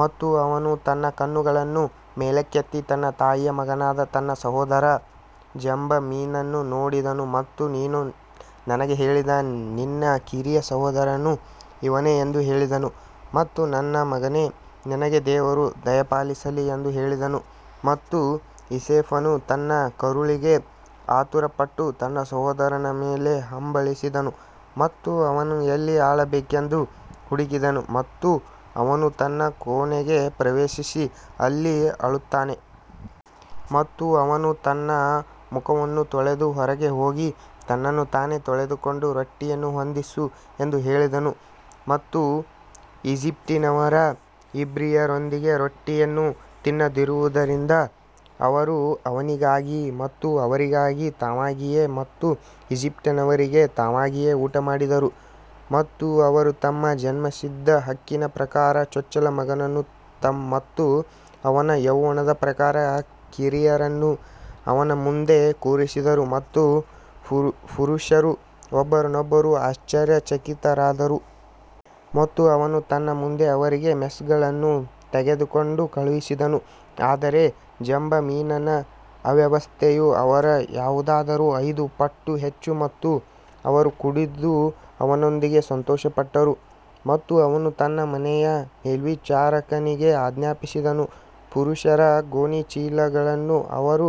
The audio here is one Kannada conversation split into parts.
ಮತ್ತು ಅವನು ತನ್ನ ಕಣ್ಣುಗಳನ್ನು ಮೇಲಕ್ಕೆತ್ತಿ ತನ್ನ ತಾಯಿಯ ಮಗನಾದ ತನ್ನ ಸಹೋದರ ಬೆಂಜಮಿನನನ್ನು ನೋಡಿದನು ಮತ್ತು ನೀನು ನನಗೆ ಹೇಳಿದ ನಿನ್ನ ಕಿರಿಯ ಸಹೋದರನು ಇವನೇ ಎಂದು ಹೇಳಿದನು ಮತ್ತು ನನ್ನ ಮಗನೇ ನಿನಗೆ ದೇವರು ದಯಪಾಲಿಸಲಿ ಎಂದು ಹೇಳಿದನು. ಮತ್ತು ಯೋಸೇಫನು ತನ್ನ ಕರುಳಿಗೆ ಆತುರಪಟ್ಟು ತನ್ನ ಸಹೋದರನ ಮೇಲೆ ಹಂಬಲಿಸಿದನು ಮತ್ತು ಅವನು ಎಲ್ಲಿ ಅಳಬೇಕೆಂದು ಹುಡುಕಿದನು ಮತ್ತು ಅವನು ತನ್ನ ಕೋಣೆಗೆ ಪ್ರವೇಶಿಸಿ ಅಲ್ಲಿ ಅಳುತ್ತಾನೆ. ಮತ್ತು ಅವನು ತನ್ನ ಮುಖವನ್ನು ತೊಳೆದು ಹೊರಗೆ ಹೋಗಿ ತನ್ನನ್ನು ತಾನೇ ತಡೆದುಕೊಂಡು ರೊಟ್ಟಿಯನ್ನು ಹೊಂದಿಸು ಎಂದು ಹೇಳಿದನು ಮತ್ತು ಈಜಿಪ್ಟಿನವರು ಇಬ್ರಿಯರೊಂದಿಗೆ ರೊಟ್ಟಿಯನ್ನು ತಿನ್ನದಿರುವದರಿಂದ ಅವರು ಅವನಿಗಾಗಿ ಮತ್ತು ಅವರಿಗಾಗಿ ತಾವಾಗಿಯೇ ಮತ್ತು ಈಜಿಪ್ಟಿನವರಿಗೆ ತಾವಾಗಿಯೇ ಊಟ ಮಾಡಿದರು. ಮತ್ತು ಅವರು ತಮ್ಮ ಜನ್ಮಸಿದ್ಧ ಹಕ್ಕಿನ ಪ್ರಕಾರ ಚೊಚ್ಚಲ ಮಗನನ್ನು ಮತ್ತು ಅವನ ಯೌವನದ ಪ್ರಕಾರ ಕಿರಿಯರನ್ನು ಅವನ ಮುಂದೆ ಕೂರಿಸಿದರು ಮತ್ತು ಪುರುಷರು ಒಬ್ಬರನ್ನೊಬ್ಬರು ಆಶ್ಚರ್ಯಚಕಿತರಾದರು. ಮತ್ತು ಅವನು ತನ್ನ ಮುಂದೆ ಅವರಿಗೆ ಮೆಸ್ಗಳನ್ನು ತೆಗೆದುಕೊಂಡು ಕಳುಹಿಸಿದನು ಆದರೆ ಬೆಂಜಮಿನನ ಅವ್ಯವಸ್ಥೆಯು ಅವರ ಯಾವುದಾದರೂ ಐದು ಪಟ್ಟು ಹೆಚ್ಚು ಮತ್ತು ಅವರು ಕುಡಿದು ಅವನೊಂದಿಗೆ ಸಂತೋಷಪಟ್ಟರು. ಮತ್ತು ಅವನು ತನ್ನ ಮನೆಯ ಮೇಲ್ವಿಚಾರಕನಿಗೆ ಆಜ್ಞಾಪಿಸಿದನು, ಪುರುಷರ ಗೋಣಿಚೀಲಗಳನ್ನು ಅವರು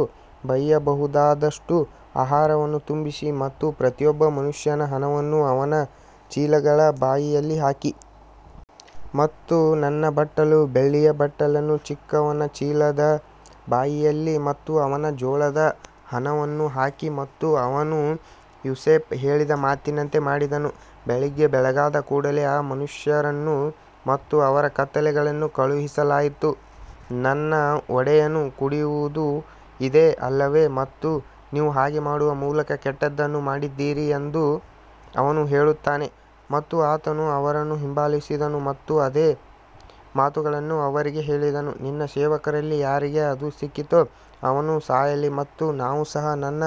ಒಯ್ಯಬಹುದಾದಷ್ಟು ಆಹಾರವನ್ನು ತುಂಬಿಸಿ ಮತ್ತು ಪ್ರತಿಯೊಬ್ಬ ಮನುಷ್ಯನ ಹಣವನ್ನು ಅವನ ಚೀಲಗಳ ಬಾಯಿಯಲ್ಲಿ ಹಾಕಿ. ಮತ್ತು ನನ್ನ ಬಟ್ಟಲು ಬೆಳ್ಳಿಯ ಬಟ್ಟಲನ್ನು ಚಿಕ್ಕವನ ಚೀಲದ ಬಾಯಿಯಲ್ಲಿ ಮತ್ತು ಅವನ ಜೋಳದ ಹಣವನ್ನು ಹಾಕಿ ಮತ್ತು ಅವನು ಯೋಸೇಫ ಹೇಳಿದ ಮಾತಿನಂತೆ ಮಾಡಿದನು. ಬೆಳಿಗ್ಗೆ ಬೆಳಗಾದ ಕೂಡಲೆ ಆ ಮನುಷ್ಯರನ್ನು ಮತ್ತು ಅವರ ಕತ್ತೆಗಳನ್ನು ಕಳುಹಿಸಲಾಯಿತು ನನ್ನ ಒಡೆಯನು ಕುಡಿಯುವುದು ಇದೇ ಅಲ್ಲವೇ ಮತ್ತು ನೀವು ಹಾಗೆ ಮಾಡುವ ಮೂಲಕ ಕೆಟ್ಟದ್ದನ್ನು ಮಾಡಿದ್ದೀರಿ ಎಂದು ಅವನು ಹೇಳುತ್ತಾನೆ ಮತ್ತು ಆತನು ಅವರನ್ನು ಹಿಂಬಾಲಿಸಿದನು ಮತ್ತು ಅದೇ ಮಾತುಗಳನ್ನು ಅವರಿಗೆ ಹೇಳಿದನು ನಿನ್ನ ಸೇವಕರಲ್ಲಿ ಯಾರಿಗೆ ಅದು ಸಿಕ್ಕಿತೋ ಅವನು ಸಾಯಲಿ ಮತ್ತು ನಾವೂ ಸಹ ನನ್ನ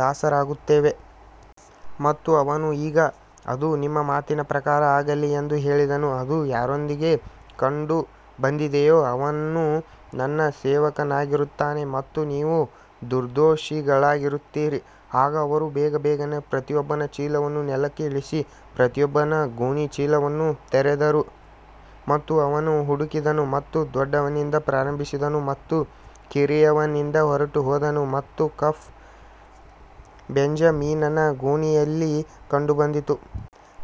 ದಾಸರಾಗುತ್ತೇವೆ. ಮತ್ತು ಅವನು ಈಗ ಅದು ನಿಮ್ಮ ಮಾತಿನ ಪ್ರಕಾರ ಆಗಲಿ ಎಂದು ಹೇಳಿದನು ಅದು ಯಾರೊಂದಿಗೆ ಕಂಡುಬಂದಿದೆಯೋ ಅವನು ನನ್ನ ಸೇವಕನಾಗಿರುತ್ತಾನೆ ಮತ್ತು ನೀವು ನಿರ್ದೋಷಿಗಳಾಗಿರುತ್ತೀರಿ. ಆಗ ಅವರು ಬೇಗಬೇಗನೆ ಪ್ರತಿಯೊಬ್ಬನ ಚೀಲವನ್ನು ನೆಲಕ್ಕೆ ಇಳಿಸಿ ಪ್ರತಿಯೊಬ್ಬನ ಗೋಣಿಚೀಲವನ್ನು ತೆರೆದರು ಮತ್ತು ಅವನು ಹುಡುಕಿದನು ಮತ್ತು ದೊಡ್ಡವನಿಂದ ಪ್ರಾರಂಭಿಸಿದನು ಮತ್ತು ಕಿರಿಯವನಿಂದ ಹೊರಟುಹೋದನು ಮತ್ತು ಕಪ್ ಬೆಂಜಮಿನನ ಗೋಣಿಯಲ್ಲಿ ಕಂಡುಬಂದಿತು.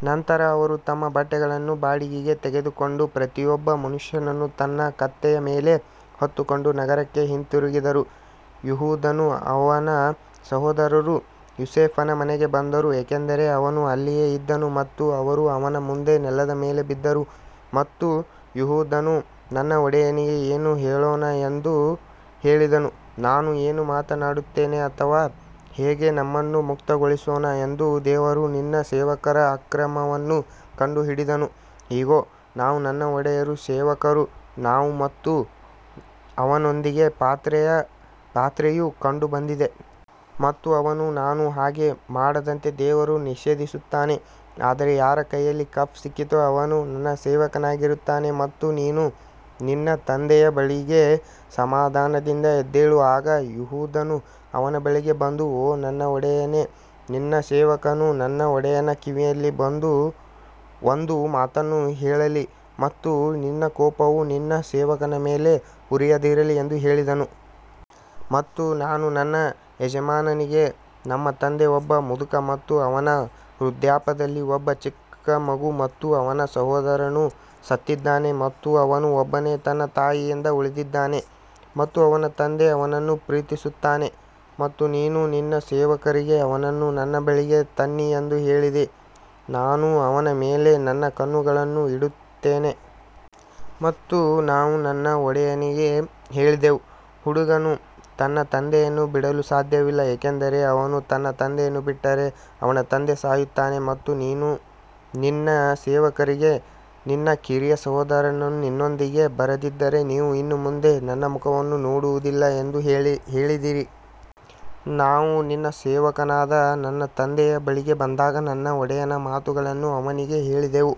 ನಂತರ ಅವರು ತಮ್ಮ ಬಟ್ಟೆಗಳನ್ನು ಬಾಡಿಗೆಗೆ ತೆಗೆದುಕೊಂಡು ಪ್ರತಿಯೊಬ್ಬ ಮನುಷ್ಯನನ್ನು ತನ್ನ ಕತ್ತೆಯ ಮೇಲೆ ಹೊತ್ತುಕೊಂಡು ನಗರಕ್ಕೆ ಹಿಂತಿರುಗಿದರು ಯೆಹೂದನೂ ಅವನ ಸಹೋದರರೂ ಯೋಸೇಫನ ಮನೆಗೆ ಬಂದರು ಏಕೆಂದರೆ ಅವನು ಅಲ್ಲಿಯೇ ಇದ್ದನು ಮತ್ತು ಅವರು ಅವನ ಮುಂದೆ ನೆಲದ ಮೇಲೆ ಬಿದ್ದರು. ಮತ್ತು ಯೆಹೂದನು ನನ್ನ ಒಡೆಯನಿಗೆ ಏನು ಹೇಳೋಣ ಎಂದು ಹೇಳಿದನು ನಾವು ಏನು ಮಾತನಾಡುತ್ತೇವೆ ಅಥವಾ ಹೇಗೆ ನಮ್ಮನ್ನು ಮುಕ್ತಗೊಳಿಸೋಣ ಎಂದು ದೇವರು ನಿನ್ನ ಸೇವಕರ ಅಕ್ರಮವನ್ನು ಕಂಡುಹಿಡಿದನು, ಇಗೋ ನಾವು ನನ್ನ ಒಡೆಯರು ಸೇವಕರು ನಾವು ಮತ್ತು ಅವನೊಂದಿಗೆ ಪಾತ್ರೆಯು ಕಂಡುಬಂದಿದೆ. ಮತ್ತು ಅವನು ನಾನು ಹಾಗೆ ಮಾಡದಂತೆ ದೇವರು ನಿಷೇಧಿಸುತ್ತಾನೆ ಆದರೆ ಯಾರ ಕೈಯಲ್ಲಿ ಕಪ್ ಸಿಕ್ಕಿತೋ ಅವನು ನನ್ನ ಸೇವಕನಾಗಿರುತ್ತಾನೆ ಮತ್ತು ನೀನು ನಿನ್ನ ತಂದೆಯ ಬಳಿಗೆ ಸಮಾಧಾನದಿಂದ ಎದ್ದೇಳು ಆಗ ಯೆಹೂದನು ಅವನ ಬಳಿಗೆ ಬಂದು ಓ ನನ್ನ ಒಡೆಯನೇ ನಿನ್ನ ಸೇವಕನು ನನ್ನ ಒಡೆಯನ ಕಿವಿಯಲ್ಲಿ ಒಂದು ಮಾತನ್ನು ಹೇಳಲಿ ಮತ್ತು ನಿನ್ನ ಕೋಪವು ನಿನ್ನ ಸೇವಕನ ಮೇಲೆ ಉರಿಯದಿರಲಿ ಎಂದು ಹೇಳಿದನು. ಮತ್ತು ನಾವು ನನ್ನ ಯಜಮಾನನಿಗೆ ನಮ್ಮ ತಂದೆ ಒಬ್ಬ ಮುದುಕ ಮತ್ತು ಅವನ ವೃದ್ಧಾಪ್ಯದಲ್ಲಿ ಒಬ್ಬ ಚಿಕ್ಕ ಮಗು ಮತ್ತು ಅವನ ಸಹೋದರನು ಸತ್ತಿದ್ದಾನೆ ಮತ್ತು ಅವನು ಒಬ್ಬನೇ ತನ್ನ ತಾಯಿಯಿಂದ ಉಳಿದಿದ್ದಾನೆ ಮತ್ತು ಅವನ ತಂದೆ ಅವನನ್ನು ಪ್ರೀತಿಸುತ್ತಾನೆ. ಮತ್ತು ನೀನು ನಿನ್ನ ಸೇವಕರಿಗೆ ಅವನನ್ನು ನನ್ನ ಬಳಿಗೆ ತನ್ನಿ ಎಂದು ಹೇಳಿದಿ, ನಾನು ಅವನ ಮೇಲೆ ನನ್ನ ಕಣ್ಣುಗಳನ್ನು ಇಡುತ್ತೇನೆ. ಮತ್ತು ನಾವು ನನ್ನ ಒಡೆಯನಿಗೆ ಹೇಳಿದೆವು, ಹುಡುಗನು ತನ್ನ ತಂದೆಯನ್ನು ಬಿಡಲು ಸಾಧ್ಯವಿಲ್ಲ ಏಕೆಂದರೆ ಅವನು ತನ್ನ ತಂದೆಯನ್ನು ಬಿಟ್ಟರೆ ಅವನ ತಂದೆ ಸಾಯುತ್ತಾನೆ ಮತ್ತು ನೀನು ನಿನ್ನ ಸೇವಕರಿಗೆ ನಿನ್ನ ಕಿರಿಯ ಸಹೋದರನು ನಿನ್ನೊಂದಿಗೆ ಬರದಿದ್ದರೆ ನೀವು ಇನ್ನು ಮುಂದೆ ನನ್ನ ಮುಖವನ್ನು ನೋಡುವುದಿಲ್ಲ ಎಂದು ಹೇಳಿದಿರಿ. ನಾವು ನಿನ್ನ ಸೇವಕನಾದ ನನ್ನ ತಂದೆಯ ಬಳಿಗೆ ಬಂದಾಗ ನನ್ನ ಒಡೆಯನ ಮಾತುಗಳನ್ನು ಅವನಿಗೆ ಹೇಳಿದೆವು.